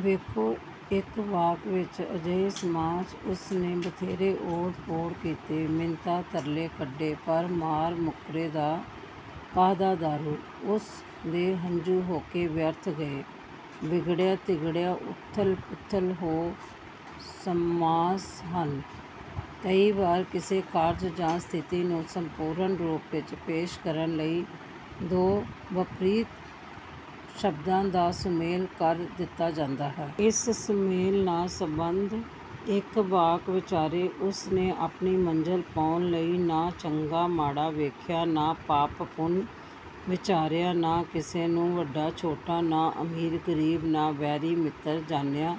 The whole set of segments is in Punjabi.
ਵੇਖੋ, ਇੱਕ ਵਾਕ ਵਿੱਚ ਅਜਿਹੇ ਸਮਾਸ “ਉਸ ਨੇ ਬਥੇਰਾ ਓਹੜ-ਪੋਹੜ ਕੀਤਾ, ਮਿੰਨਤਾਂ-ਤਰਲੇ ਕੱਢੇ, ਪਰ ਮਰੇ-ਮੁੱਕਰੇ ਦਾ ਕਾਹਦਾ ਦਾਰੂ! ਉਸ ਦੇ ਹੰਝੂ-ਹੌਕੇ ਵਿਅਰਥ ਗਏ।” ਵਿਗੜਿਆ-ਤਿਗੜਿਆ, ਉਥਲ-ਪੁਥਲ ਹੋਰ ਸਮਾਸ ਹਨ। ਕਈ ਵਾਰ ਕਿਸੇ ਕਾਰਜ ਜਾਂ ਸਥਿਤੀ ਨੂੰ ਸੰਪੂਰਨ ਰੂਪ ਵਿੱਚ ਪੇਸ਼ ਕਰਨ ਲਈ ਦੋ ਵਿਪਰੀਤ ਸ਼ਬਦਾਂ ਦਾ ਸੁਮੇਲ ਕਰ ਦਿੱਤਾ ਜਾਂਦਾ ਹੈ। ਇਸ ਸੁਮੇਲ ਨਾਲ ਸਬੰਧਤ ਇੱਕ ਵਾਕ ਵਿਚਾਰੋ: “ਉਸ ਨੇ ਆਪਣੀ ਮੰਜ਼ਲ ਪਾਉਣ ਲਈ ਨਾ ਚੰਗਾ-ਮਾੜਾ ਵੇਖਿਆ, ਨਾ ਪਾਪ-ਪੁੰਨ ਵਿਚਾਰਿਆ, ਨਾ ਕਿਸੇ ਨੂੰ ਵੱਡਾ-ਛੋਟਾ, ਨਾ ਅਮੀਰ-ਗਰੀਬ, ਨਾ ਵੈਰੀ-ਮਿੱਤਰ ਜਾਣਿਆ,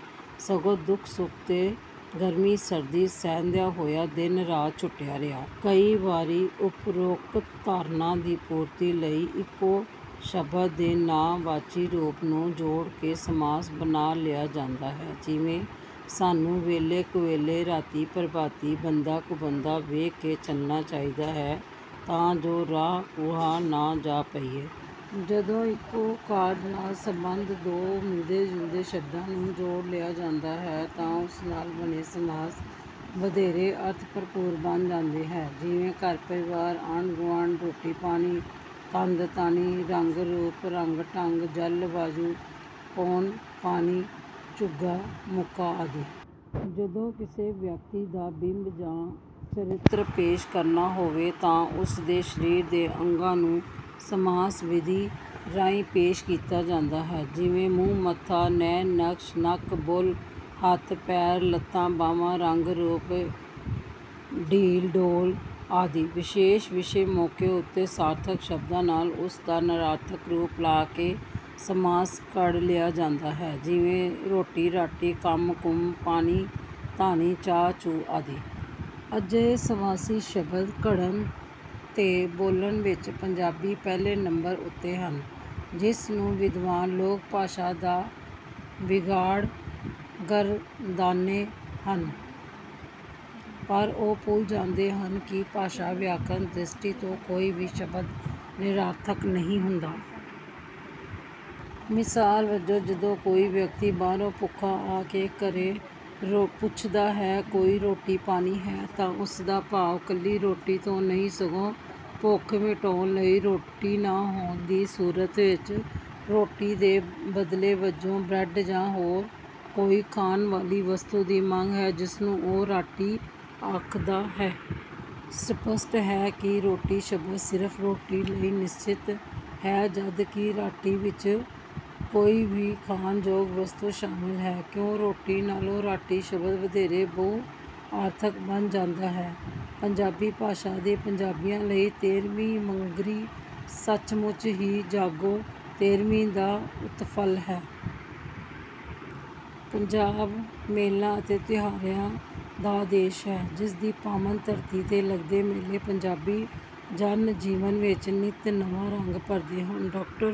ਸਗੋਂ ਦੁਖ-ਸੁਖ ਤੇ ਗਰਮੀ-ਸਰਦੀ ਸਹਾਰਦਾ ਹੋਇਆ ਦਿਨ-ਰਾਤ ਜੁਟਿਆ ਰਿਹਾ।” ਕਈ ਵਾਰ ਉਪਰੋਕਤ ਧਾਰਨਾ ਦੀ ਪੂਰਤੀ ਲਈ ਇੱਕੋ ਸ਼ਬਦ ਦੇ ਨਾਂਹ-ਵਾਚੀ ਰੂਪ ਨੂੰ ਜੋੜ ਕੇ ਸਮਾਸ ਬਣਾ ਲਿਆ ਜਾਂਦਾ ਹੈ, ਜਿਵੇਂ: “ਸਾਨੂੰ ਵੇਲੇ-ਕੁਵੇਲੇ, ਰਾਤ-ਬਰਾਤੇ, ਬੰਦਾ-ਕੁਬੰਦਾ ਵੇਖ ਕੇ ਚੱਲਣਾ ਚਾਹੀਦਾ ਹੈ, ਤਾਂ ਜੋ ਰਾਹੋਂ ਕੁਰਾਹੇ ਨਾ ਪੈ ਜਾਈਏ।” ਜਦੋਂ ਇੱਕੋ ਕਾਰਜ ਨਾਲ ਸਬੰਧਤ ਦੋ ਮਿਲਵੇਂ-ਜੁਲਵੇਂ ਸ਼ਬਦਾਂ ਨੂੰ ਜੋੜ ਲਿਆ ਜਾਂਦਾ ਹੈ, ਤਾਂ ਉਸ ਨਾਲ ਬਣਿਆ ਸਮਾਸ ਵਧੇਰੇ ਅਰਥ-ਭਰਪੂਰ ਬਣ ਜਾਂਦਾ ਹੈ। ਜਿਵੇਂ—ਘਰ-ਪਰਿਵਾਰ, ਆਂਢ-ਗੁਆਂਢ, ਰੋਟੀ-ਪਾਣੀ, ਤੰਦ-ਤਾਣੀ, ਰੰਗ-ਰੂਪ, ਰੰਗ-ਢੰਗ, ਜਲਵਾਯੂ, ਪੌਣ-ਪਾਣੀ, ਝੱਗਾ-ਮੂਕਾ ਆਦਿ। ਜਦੋਂ ਕਿਸੇ ਵਿਅਕਤੀ ਦਾ ਬਿੰਬ ਜਾਂ ਚਿੱਤਰ ਪੇਸ਼ ਕਰਨਾ ਹੋਵੇ, ਤਾਂ ਉਸ ਦੇ ਸਰੀਰ ਦੇ ਅੰਗਾਂ ਨੂੰ ਸਮਾਸ ਵਿਧੀ ਰਾਹੀਂ ਪੇਸ਼ ਕੀਤਾ ਜਾਂਦਾ ਹੈ, ਜਿਵੇਂ—ਮੂੰਹ-ਮੱਥਾ, ਨੈਣ-ਨਕਸ਼, ਨੱਕ-ਬੁੱਲ੍ਹ, ਹੱਥ-ਪੈਰ, ਲੱਤਾਂ-ਬਾਹਾਂ, ਰੰਗ-ਰੂਪ, ਡੀਲ-ਡੌਲ ਆਦਿ। ਕਈ ਵਿਸ਼ੇਸ਼ ਮੌਕਿਆਂ ਉੱਤੇ ਸਾਰਥਕ ਸ਼ਬਦ ਨਾਲ ਉਸ ਦਾ ਨਿਰਾਰਥਕ ਰੂਪ ਲਾ ਕੇ ਸਮਾਸ ਘੜ ਲਿਆ ਜਾਂਦਾ ਹੈ, ਜਿਵੇਂ—ਰੋਟੀ-ਰਾਟੀ, ਕੰਮ-ਕੁੰਮ, ਪਾਣੀ-ਧਾਣੀ, ਚਾਹ-ਚੂਹ ਆਦਿ। ਅਜਿਹੇ ਸਮਾਸੀ ਸ਼ਬਦ ਘੜਨ ਤੇ ਬੋਲਣ ਵਿੱਚ ਪੰਜਾਬੀ ਪਹਿਲੇ ਨੰਬਰ ਉੱਤੇ ਹਨ, ਜਿਸ ਨੂੰ ‘ਵਿਦਵਾਨ’ ਲੋਕ ਭਾਸ਼ਾ ਦਾ ਵਿਗਾੜ ਗਰਦਾਨਦੇ ਹਨ, ਪਰ ਉਹ ਭੁੱਲ ਜਾਂਦੇ ਹਨ ਕਿ ਭਾਸ਼ਾ-ਵਿਗਿਆਨਕ ਦ੍ਰਿਸ਼ਟੀ ਤੋਂ ਕੋਈ ਵੀ ਸ਼ਬਦ ਨਿਰਾਰਥਕ ਨਹੀਂ ਹੁੰਦਾ। ਮਿਸਾਲ ਵਜੋਂ, ਜਦੋਂ ਕੋਈ ਵਿਅਕਤੀ ਬਾਹਰੋਂ ਭੁੱਖਾ ਆ ਕੇ ਘਰੇ ਪੁੱਛਦਾ ਹੈ, “ਕੋਈ ਰੋਟੀ-ਰਾਟੀ ਹੈ?” ਤਾਂ ਉਸ ਦਾ ਭਾਵ ਇਕੱਲੀ ਰੋਟੀ ਤੋਂ ਨਹੀਂ ਹੈ, ਸਗੋਂ ਭੁੱਖ ਮਿਟਾਉਣ ਲਈ ਰੋਟੀ ਨਾ ਹੋਣ ਦੀ ਸੂਰਤ ਵਿੱਚ ਰੋਟੀ ਦੇ ਬਦਲ ਵਜੋਂ ਬਰੈੱਡ ਜਾਂ ਹੋਰ ਕੋਈ ਖਾਣ ਵਾਲੀ ਵਸਤੂ ਦੀ ਮੰਗ ਹੈ, ਜਿਸ ਨੂੰ ਉਹ ਰਾਟੀ ਕਹਿੰਦਾ ਹੈ। ਸਪਸ਼ਟ ਹੈ ਕਿ ਰੋਟੀ ਸ਼ਬਦ ਸਿਰਫ਼ ਰੋਟੀ ਲਈ ਨਿਸ਼ਚਿਤ ਹੈ, ਜਦੋਂ ਕਿ ਰਾਟੀ ਵਿੱਚ ਕੋਈ ਵੀ ਖਾਣਯੋਗ ਵਸਤੂ ਸ਼ਾਮਲ ਹੈ। ਇਉਂ, ਰੋਟੀ ਨਾਲੋਂ ਰਾਟੀ ਸ਼ਬਦ ਵਧੇਰੇ ਬਹੁ-ਅਰਥਕ ਬਣ ਜਾਂਦਾ ਹੈ। ਪੰਜਾਬੀ ਭਾਸ਼ਾ ਤੇ ਪੰਜਾਬੀਆਂ ਲਈ ਤੇਰ੍ਹਵੀਂ ਵੰਨਗੀ ਸੱਚਮੁੱਚ ਹੀ ਜੱਗੋਂ-ਤੇਰ੍ਹਵੀਂ ਦਾ ਉਤਫਲ ਹੈ। ਪੰਜਾਬ ਮੇਲਿਆਂ ਅਤੇ ਤਿਉਹਾਰਾਂ ਦਾ ਦੇਸ ਹੈ। ਇਸ ਦੀ ਪਾਵਨ ਧਰਤੀ ’ਤੇ ਲੱਗਦੇ ਮੇਲੇ ਪੰਜਾਬੀ ਜਨ-ਜੀਵਨ ਵਿੱਚ ਨਿੱਤ ਨਵਾਂ ਰੰਗ ਭਰਦੇ ਹਨ। ਡਾ....